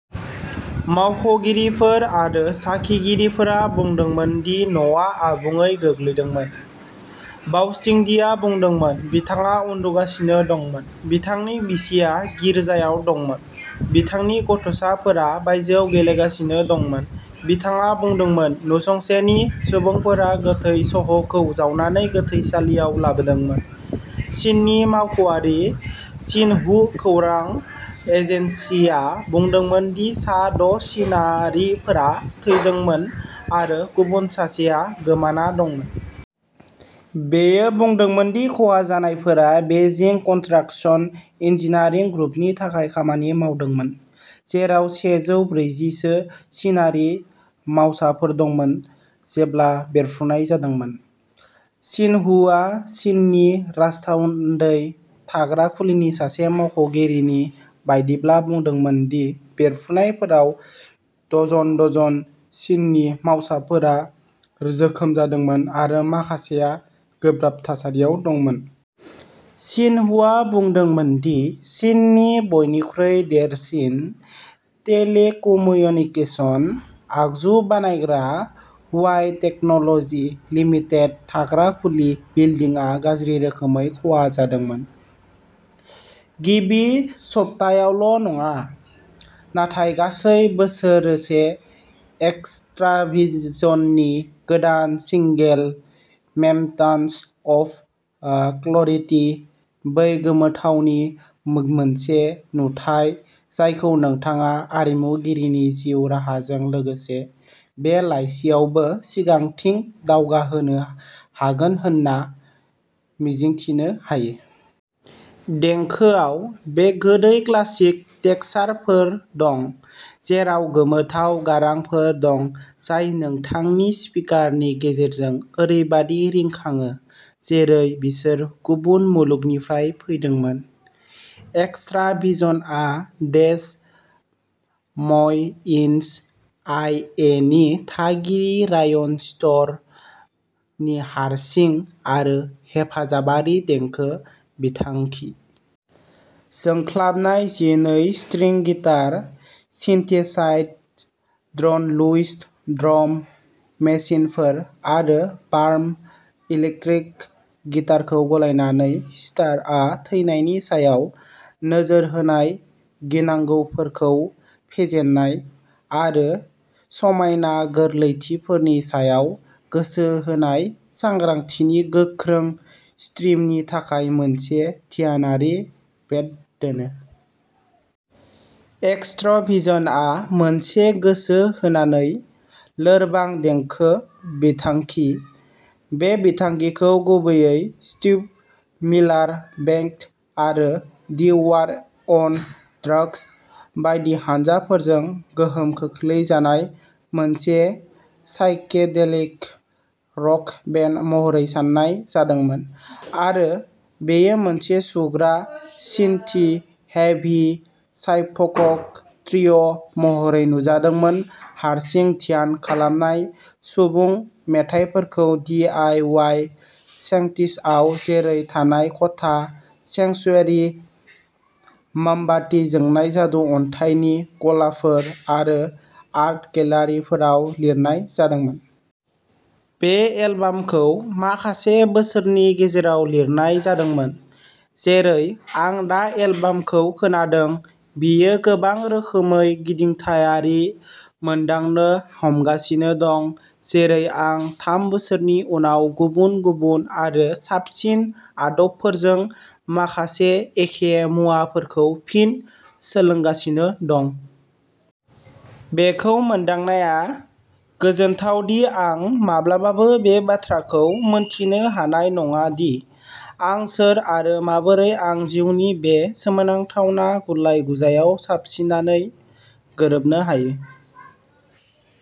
मावख'गिरिफोर आरो साखिगिरिफोरा बुंदोंमोन दि न'आ आबुङै गोग्लैदोंमोन। बाउत्सिंडीआ बुंदोंमोन, बिथाङा उन्दुगासिनो दंमोन। बिथांनि बिसिया गिर्जायाव दंमोन। बिथांनि गथ'साफोरा बायजोआव गेलेगासिनो दंमोन। बिथाङा बुंदोंमोन, "नसुंसेनि सुबुंफोरा गोथै सह'खौ जावनानै गोथैसालियाव लाबोदोंमोन।" चिननि मावख'आरि सिनहु खौरां एजेन्सिआ बुंदोंमोन दि सा द' चिनारिफोरा थैदोंमोन आरो गुबुन सासेआ गोमाना दंमोन। बेयो बुंदोंमोन दि खहा जानायफोरा बेइजिं कन्सट्राक्शन इन्जिनियारिं ग्रुपनि थाखाय खामानि मावदोंमोन, जेराव सेजौ ब्रैजि सो चिनारि मावसाफोर दंमोन जेब्ला बेरफ्रुनाय जादोंमोन। सिनहुआ चिननि राजथान्दै थाग्रा खुलिनि सासे मावख'गिरिनि बायदिब्ला बुंदोंमोन दि बेरफ्रुनायफोराव डजन-डजन चिननि मावसाफोरा जोखोम जादोंमोन आरो माखासेआ गोब्राब थासारियाव दंमोन। सिनहुआ बुंदोंमोन दि चीननि बयनिख्रुइ देरसिन टेलिकम्युनिकेशन आगजु बानायग्रा हुवाई टेक्न'ल'जि लिमिटेडनि थाग्रा खुलि बिल्दिंआ गाज्रि रोखोमै खहा जादोंमोन। गिबि सप्तायावल' नङा, नाथाय गासै बोसोरसे एक्सट्राभिजननि गोदान सिंगेल, "ममेन्ट्स अफ क्लेरिटि", बै गोमोथावनि मोनसे नुथाइ जायखौ नोंथाङा आरिमुगिरिनि जिउ राहाजों लोगोसे बे लाइसिआवबो सिगांथिं दावगाहोनो हागोन होनना मिजिंथिनो हायो। देंखोआव बे गोदै क्लासिक टेक्सचारफोर दं, जेराव गोमोथाव गारांफोर दं, जाय नोंथांनि स्पिकारनि गेजेरजों ओरैबायदि रिंखाङो जेरै बिसोर गुबुन मुलुगनिफ्राय फैदोंमोन। एक्सट्राभिजनआ डेस म'इनस, आइ ए नि थागिरि रायन स्टियर नि हारसिं आरो हेफाजाबारि देंखो बिथांखि। जोंख्लाबनाय जिनै string guitar, synthesized drone loops, drum मेसिनफोर, आरो वार्म इलेक्ट्रिक गिटारखौ गलायनानै, स्टियरआ थैनायनि सायाव नोजोर होनाय, गिनांगौफोरखौ फेजेननाय, आरो समायना गोरलैथिफोरनि सायाव गोसो होनाय सांग्रांथिनि गोख्रों स्ट्रिमनि थाखाय मोनसे ध्यानारि बेड दोनो। एक्सट्राभिजनआ मोनसे गोसो होनानै लोरबां देंखो बिथांखि। बे बिथांखिखौ गुबैयै स्टीव मिलार बैंड आरो दि वार अन ड्रग्स बायदि हानजाफोरजों गोहोम खोख्लैजानाय मोनसे साइकेडेलिक रक बेन्ड महरै सान्नाय जादोंमोन आरो बेयो मोनसे सुग्रा, सिन्थ-हेभि साइकफ'क त्रिय' महरै नुजादोंमोन हारसिं ध्यान खालामनाय सुबुं मेथाइफोरखौ डि आइ वाइ सेटिंसआव जेरै थानाय खथा, सेंक्सुयेरि, मोमबाति जोंनाय जादु अन्थाइनि गलाफोर आरो आर्ट गेलारिफोराव लिरनाय जादोंमोन। बे एलबामखौ माखासे बोसोरनि गेजेराव लिरनाय जादोंमोन। जेरै आं दा एलबामखौ खोनादों, बेयो गोबां रोखोमै गिदिंथायारि मोनदांनो हमगासिनो दं। जेरै आं थाम बोसोरनि उनाव गुबुन-गुबुन आरो साबसिन आदबफोरजों माखासे एखे मुवाफोरखौ फिन सोलोंगासिनो दं। बेखौ मोनदांनाया गोजोनथाव दि आं माब्लाबाबो बे बाथ्राखौ मिन्थिनो हानाय नङा दि आं सोर आरो माबोरै आं जिउनि बे सोमोनांथाव गुलाय-गुजायाव साबसिनै गोरोबनो हायो।